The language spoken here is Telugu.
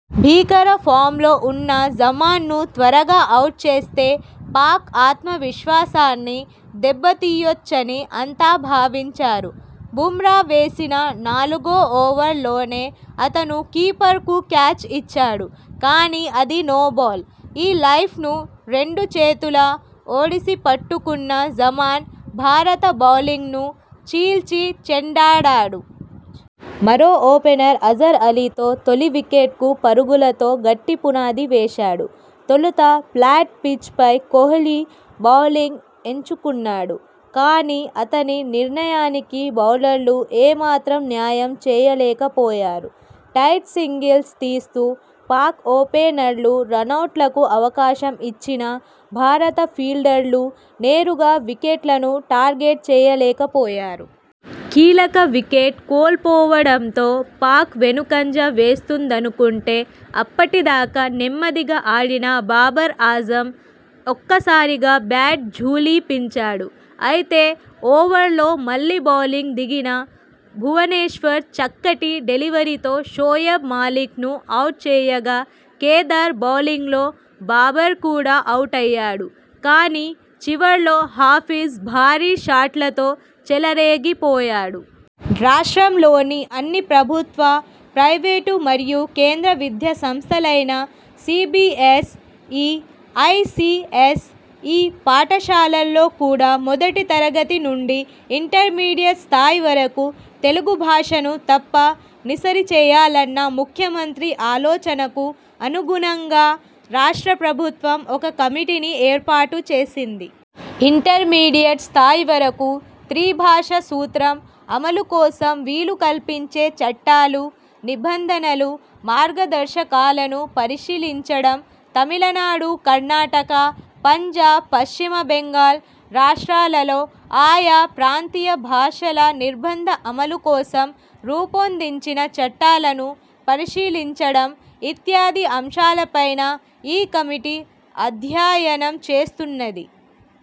భీకర ఫామ్లో ఉన్న జమాన్ను త్వరగా అవుట్ చేస్తే పాక్ ఆత్మవిశ్వాసాన్ని దెబ్బతీయొచ్చని అంతా భావించారు. బుమ్రా వేసిన నాలుగో ఓవర్లోనే అతను కీపర్కు క్యాచ్ ఇచ్చాడు. కానీ, అది నోబాల్. ఈ లైఫ్ను రెండు చేతులా ఒడిసిపట్టుకున్న జమాన్ భారత బౌలింగ్ను చీల్చి చెండాడాడు. మరో ఓపెనర్ అజర్ అలీతో తొలి వికెట్కు పరుగులతో గట్టి పునాది వేశాడు. తొలుత ఫ్లాట్ పిచ్పై కోహ్లీ బౌలింగ్ ఎంచుకున్నాడు. కానీ, అతని నిర్ణయానికి బౌలర్లు ఏ మాత్రం న్యాయం చేయలేకపోయారు. టైట్ సింగిల్స్ తీస్తూ పాక్ ఓపెనర్లు రనౌట్లకు అవకాశం ఇచ్చినా భారత ఫీల్డర్లు నేరుగా వికెట్లను టార్గెట్ చేయలేకపోయారు. కీలక వికెట్ కోల్పోవడంతో పాక్ వెనుకంజ వేస్తుందనుకుంటే అప్పటిదాకా నెమ్మదిగా ఆడిన బాబర్ ఆజమ్ ఒక్కసారిగా బ్యాట్ ఝుళిపించాడు. అయితే, ఓవర్లో మళ్లీ బౌలింగ్ దిగిన భువనేశ్వర్ చక్కటి డెలివరీతో షోయబ్ మాలిక్ ను అవుట్ చేయగా కేదార్ బౌలింగ్లో బాబర్ కూడా అవుటయ్యాడు. కానీ, చివర్లో హఫీజ్ భారీ షాట్లతో చెలరేగిపోయాడు. రాష్ట్రంలోని అన్ని ప్రభుత్వ, ప్రైవేటు మరియు కేంద్ర విద్యాసంస్థలైన C. B. S. E., I. C. S. E. పాఠశాలల్లో కూడ మొదటి తరగతి నుండి ఇంటర్మీడియట్ స్థాయి వరకు తెలుగుభాషను తప్ప నిసరి చేయాలన్న ముఖ్యమంత్రి ఆలోచనకు అనుగుణంగా రాష్ట్ర ప్రభుత్వం ఒక కమిటిని ఏర్పాటు చేసింది. ఇంటర్ మీడియట్ స్థాయి వరకు త్రిభాష సూత్రం అమలు కోసం వీలుక ల్పించే చట్టాలు, నిబంధనలు, మార్గదర్శకాలను పరిశీలించడం. తమిళనాడు, కర్ణాటక, పంజాబ్, పశ్చిమ బెంగాల్ రాష్ట్రాలలో ఆయా ప్రాంతీయ భాషల నిర్బంధ అమలుకోసం రూపొందించిన చట్టాలను పరిశీలించడం ఇత్యాది అంశాలపైన ఈ కమిటీ అధ్యయనం చేస్తున్నది.